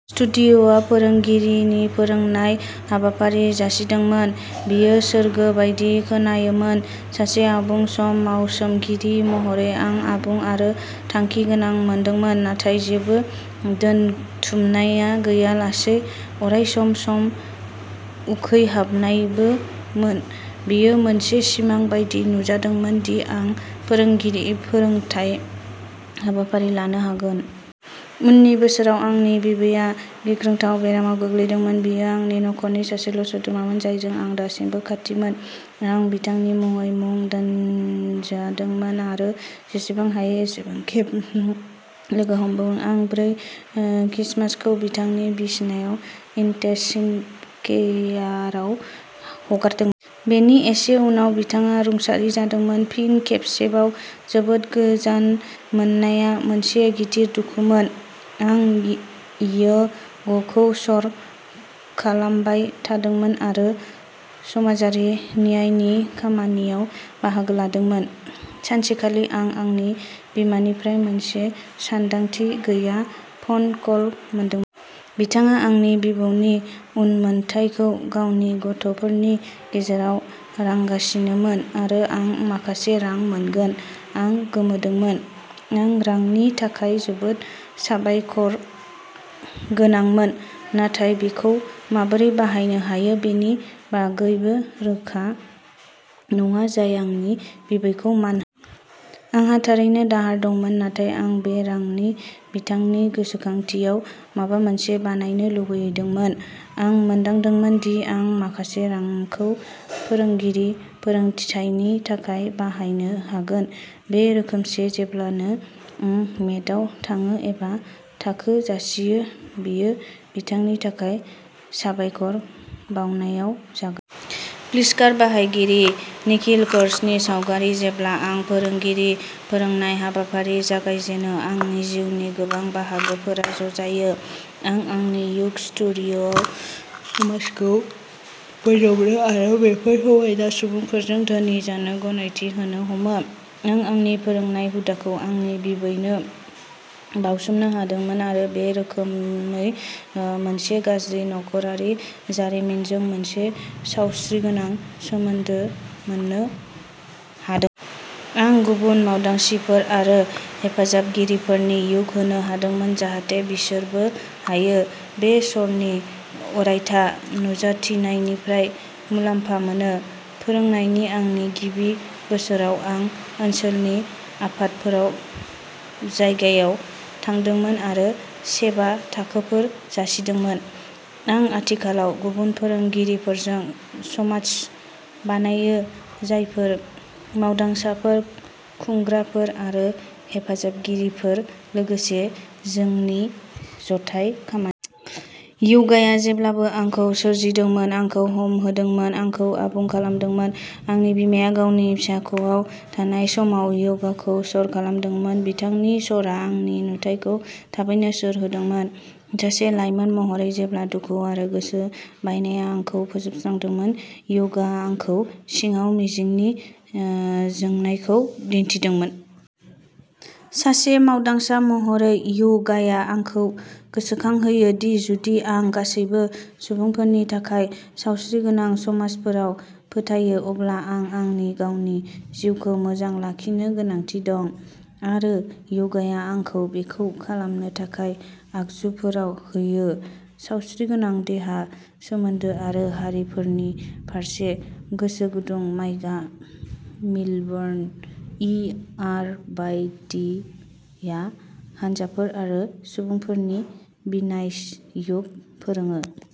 स्टुडिय'आ फोरोंगिरिनि फोरोंनाय हाबाफारि जासिदोंमोन। बेयो सोरगो बायदि खोनायोमोन। सासे आबुं सम मावसोमगिरि महरै आं आबुं आरो थांखिगोनां मोनदोंमोन नाथाय जेबो दोनथुमनाया गैयालासे अरायसम सम सम उखैहाबनायबो मोन। बेयो मोनसे सिमां बायदि नुजादोंमोन दि आं फोरोंगिरि फोरोंथाय हाबाफारि लानो हागोन। उननि बोसोराव आंनि बिबैया गिख्रंथाव बेरामाव गोग्लैदोंमोन। बियो आंनि न'खरनि सासेल' सोद्रोमामोन जायजों आं दासिमबो खाथिमोन। आं बिथांनि मुङै मुं दोनजादोंमोन आरो जेसेबां हायो एसेबां खेब लोगो हमदोंमोन। आं बै क्रिसमासखौ बिथांनि बिसानाव इन्टेसिम केयाराव हगारदोंमोन। बेनि एसे उनाव बिथाङा रुंसारि जादोंमोन। फिन खेबसेबाव जोबोद गोजोन मोननाया मोनसे गिदिर दुखुमोन। आं य'गखौ सर खालामबाय थादोंमोन आरो समाजारि न्यायनि खामानियाव बाहागो लादोंमोन। सानसेखालि आं आंनि बिमानिफ्राय मोनसे सानदांथि गैया फ'न कल मोनदोंमोन। बिथाङा आंनि बिबौनि उनमोनथायखौ गावनि गथ'फोरनि गेजेराव रानगासिनोमोन आरो आं माखासे रां मोनगोन। आं गोमोदोंमोन। आं रांनि थाखाय जोबोद साबायखरगोनांमोन। नाथाय बेखौ माबोरै बाहायनो हायो बेनि बागैबो रोखा नङा जाय आंनि बिबैखौ मान-- आंहा थारैनो दाहार दंमोन नाथाय आं बे रांनि बिथांनि गोसोखांथियाव माबा मोनसे बानायनो लुगैदोंमोन। आं मोनदांदोंमोन दि आं माखासे रांखौ फोरोंगिरि फोरोंथायनि थाखाय बाहायनो हागोन। बे रोखोसे जेब्लानो आं मेटआव थाङो एबा थाखो जासियो बेयो बिथांनि थाखाय साबायखर बावनायाव जागोन। फ्लिसकार बाहायगिरि निखिल किर्शनि सावगारि जेब्ला आं फोरोंगिरि फोरोंनाय हाबाफारि जागायजेनो आंनि जिउनि गोबां बाहागोफोरा ज' जायो। आं आंनि य'ग स्टुडिय'आव समाजखौ बोजबनो आरो बेफोर समायना सुबुंफोरजों धोनि जानो गनायथि होनो हमो। आं आंनि फोरोंनाय हुदाखौ आंनि बिबैनो बावसोमनो हादोंमोन आरो बे रोखोमै ओ मोनसे गाज्रि न'ख'रारि जारिमिनजों मोनसे सावस्रिगोनां सोमोन्दो मोन्नो हादों-- आं गुबुन मावदांसिफोर आरो हेफाजाबगिरिफोरनि य'ग होनो हादोंमोन जाहाथे बिसोरबो हायो। बे समनि अरायथा नुजाथिनायनिफ्राय मुलाम्फा मोनो। फोरोंनायनि आंनि गिबि बोसोराव आं ओनसोलनि आफादफोराव जायगायाव थांदोंमोन आरो सेवा थाखोफोर जासिदोंमोन। आं आथिखालाव गुबुन फोरोंगिरिफोरजों समाज बानायो जायफोर मावदांसाफोर खुंग्राफोर आरो हेफाजाबगिरिफोर लोगोसे जोंनि जथाय खामानि। य'गाया जेब्लाबो आंखौ सोरजिदोंमोन आंखौ हामहोदोंमोन आंखौ आबुं खालामदोंमोन। आंनि बिमाया गावनि फिसाख'आव थानाय समाव य'गखौ सर खालामदोंमोन। बिथांनि सरआ आंनि नुथायखौ थाबैनो सोर होदोंमोन। सासे लाइमोन महरै जेब्ला दुखु आरो गोसो बायनाया आंखौ फोजोबस्रांदोंमोन य'गाया आंखौ सिङाव मिजिंनि ओ जोंनायखौ दिन्थिदोंमोन। सासे मावदांसा महरै य'गाया आंखौ गोसोखांहोयो दि जुदि आं गासैबो सुबुंफोरनि थाखाय सावस्रिगोनां समाजफोराव फोथायो अब्ला आं आंनि गावनि जिउखौ मोजां लाखिनो गोनांथि दं। आरो य'गाया आंखौ बेखौ खालामनो थाखाय आगजुफोराव होयो। सावस्रिगोनां देहा सोमोन्दो आरो हारिफोरनि फारसे गोसो गुदुं माइगा मिलबर्न इ-आर. वाइ. टि. आ हानजाफोर आरो सुबुंफोरनि बिन्यास य'ग फोरोङो।